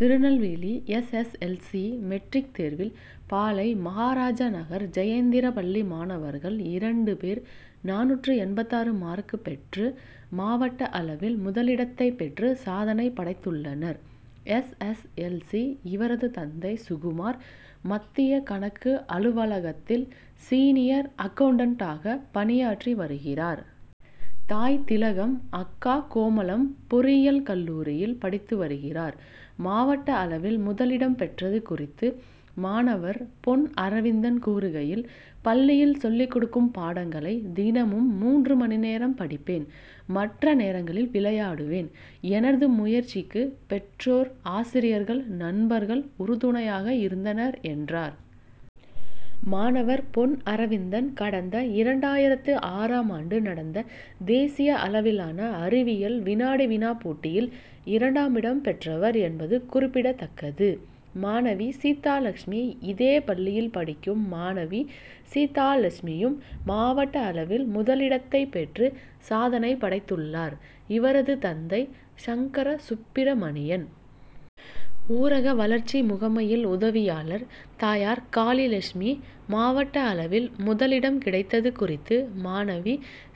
Tirunelveli S. S. L. C. Matric தேர்வில் பாளை., மகாராஜநகர் ஜெயேந்திரா பள்ளி மாணவர்கள் இரண்டு பேர் நானூற்று எண்பத்தாறு மார்க் பெற்று மாவட்ட அளவில் முதலிடத்தை பெற்று சாதனை படைத்துள்ளனர். எஸ். எஸ். எல். சி. இவரது தந்தை சுகுமார். மத்திய கணக்கு அலுவலகத்தில் சீனியர் அக்கவுண்டன்டாக பணியாற்றிவருகிறார். தாய் திலகம். அக்கா கோமளம். பொறியியல் கல்லூரியில் படித்து வருகிறார். மாவட்ட அளவில் முதலிடம் பெற்றது குறித்து மாணவர் பொன் அரவிந்தன் கூறுகையில், பள்ளியில் சொல்லிக் கொடுக்கும் பாடங்களை தினமும் மூன்று மணி நேரம் படிப்பேன். மற்ற நேரங்களில் விளையாடுவேன். எனது முயற்சிக்கு பெற்றோர், ஆசிரியர்கள், நண்பர்கள் உறுதுணையாக இருந்தனர் என்றார். மாணவர் பொன் அரவிந்தன் கடந்த இரண்டாயிரத்து ஆறாம் ஆண்டு நடந்த தேசிய அளவிலான அறிவியல் வினாடி-வினா போட்டியில் இரண்டாமிடம் பெற்றவர் என்பது குறிப்பிடதக்கது. மாணவி சீதாலெட்சுமி இதே பள்ளியில் படிக்கும் மாணவி சீதா லெட்சுமியும் மாவட்ட அளவில் முதலிடத்தை பெற்று சாதனை படைத்துள்ளார். இவரது தந்தை சங்கரசுப்பிரமணியன். ஊரக வளர்ச்சி முகமையில் உதவியாளர். தாயார் காளிலெட்சுமி. மாவட்ட அளவில் முதலிடம் கிடைத்தது குறித்து மாணவி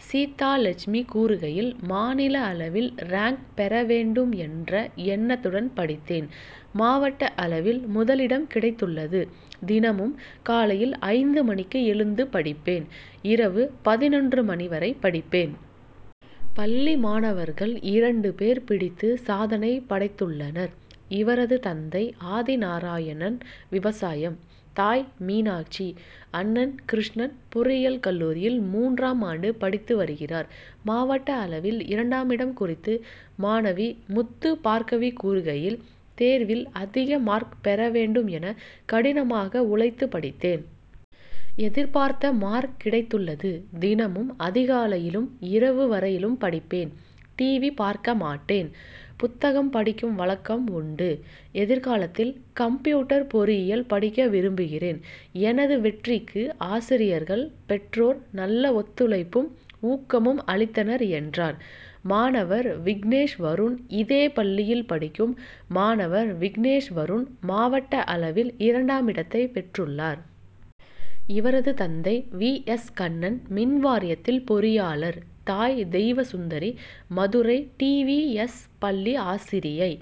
சீதா லெட்சுமி கூறுகையில், மாநில அளவில் ரேங்க் பெறவேண்டும் என்ற எண்ணத்துடன் படித்தேன். மாவட்ட அளவில் முதலிடம் கிடைத்துள்ளது. தினமும் காலையில் ஐந்து மணிக்கு எழுந்து படிப்பேன். இரவு பதினொன்று மணி வரை படிப்பேன். பள்ளி மாணவர்கள் இரண்டு பேர் பிடித்து சாதனை படைத்துள்ளனர். இவரது தந்தை ஆதிநாராயணன். விவசாயம். தாய் மீனாட்சி. அண்ணன் கிருஷ்ணன் பொறியியல் கல்லூரியில் மூன்றாம் ஆண்டு படித்து வருகிறார். மாவட்ட அளவில் இரண்டாமிடம் குறித்து மாணவி முத்துபார்க்கவி கூறுகையில், தேர்வில் அதிக மார்க் பெறவேண்டும் என கடினமாக உழைத்து படித்தேன். எதிர்பார்த்த மார்க் கிடைத்துள்ளது. தினமும் அதிகாலையிலும், இரவு வரையிலும் படிப்பேன். டிவி பார்க்கமாட்டேன். புத்தகம் படிக்கும் வழக்கம் உண்டு. எதிர்காலத்தில் கம்ப்யூட்டர் பொறியில் படிக்க விரும்புகிறேன். எனது வெற்றிக்கு ஆசிரியர்கள், பெற்றோர் நல்ல ஒத்துழைப்பும், ஊக்கமும் அளித்தனர் என்றார்'. மாணவர் விக்னேஷ் வருண் இதே பள்ளியில் படிக்கும் மாணவர் விக்னேஷ் வருண் மாவட்ட அளவில் இரண்டாமிடத்தை பெற்றுள்ளார். இவரது தந்தை வி. எஸ். கண்ணன். மின்வாரியத்தில் பொறியாளர். தாய் Deivasundari. Madurai T. V. S. பள்ளி ஆசிரியை.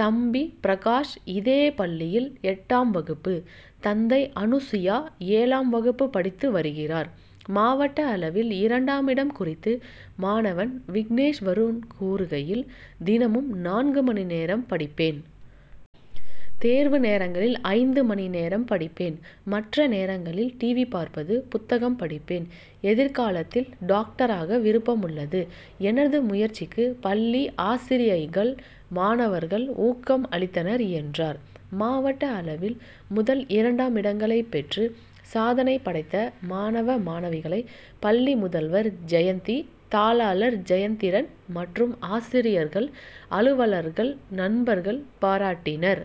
தம்பி பிரகாஷ். இதே பள்ளியில் எட்டாம் வகுப்பு. தங்கை அனுசுயா. ஏழாம் வகுப்பு படித்து வருகிறார். மாவட்ட அளவில் இரண்டாம் இடம் குறித்து மாணவன் விக்னேஷ் வருண் கூறுகையில், தினமும் நான்கு மணி நேரம் படிப்பேன். தேர்வு நேரங்களில் ஐந்து மணி நேரம் படிப்பேன். மற்ற நேரங்களில் டிவி பார்ப்பது, புத்தகம் படிப்பேன். எதிர்காலத்தில் டாக்டராக விருப்பம் உள்ளது. எனது முயற்சிக்கு பள்ளி ஆசிரியைகள், மாணவர்கள் ஊக்கள் அளித்தனர் என்றார். மாவட்ட அளவில் முதல், இரண்டாம் இடங்களை பெற்று சாதனை படைத்த மாணவ, மாணவிகளை பள்ளி முதல்வர் ஜெயந்தி, தாளாளர் ஜெயந்திரன் மற்றும் ஆசிரியர்கள், அலுவலர்கள், நண்பர்கள் பாராட்டினர்.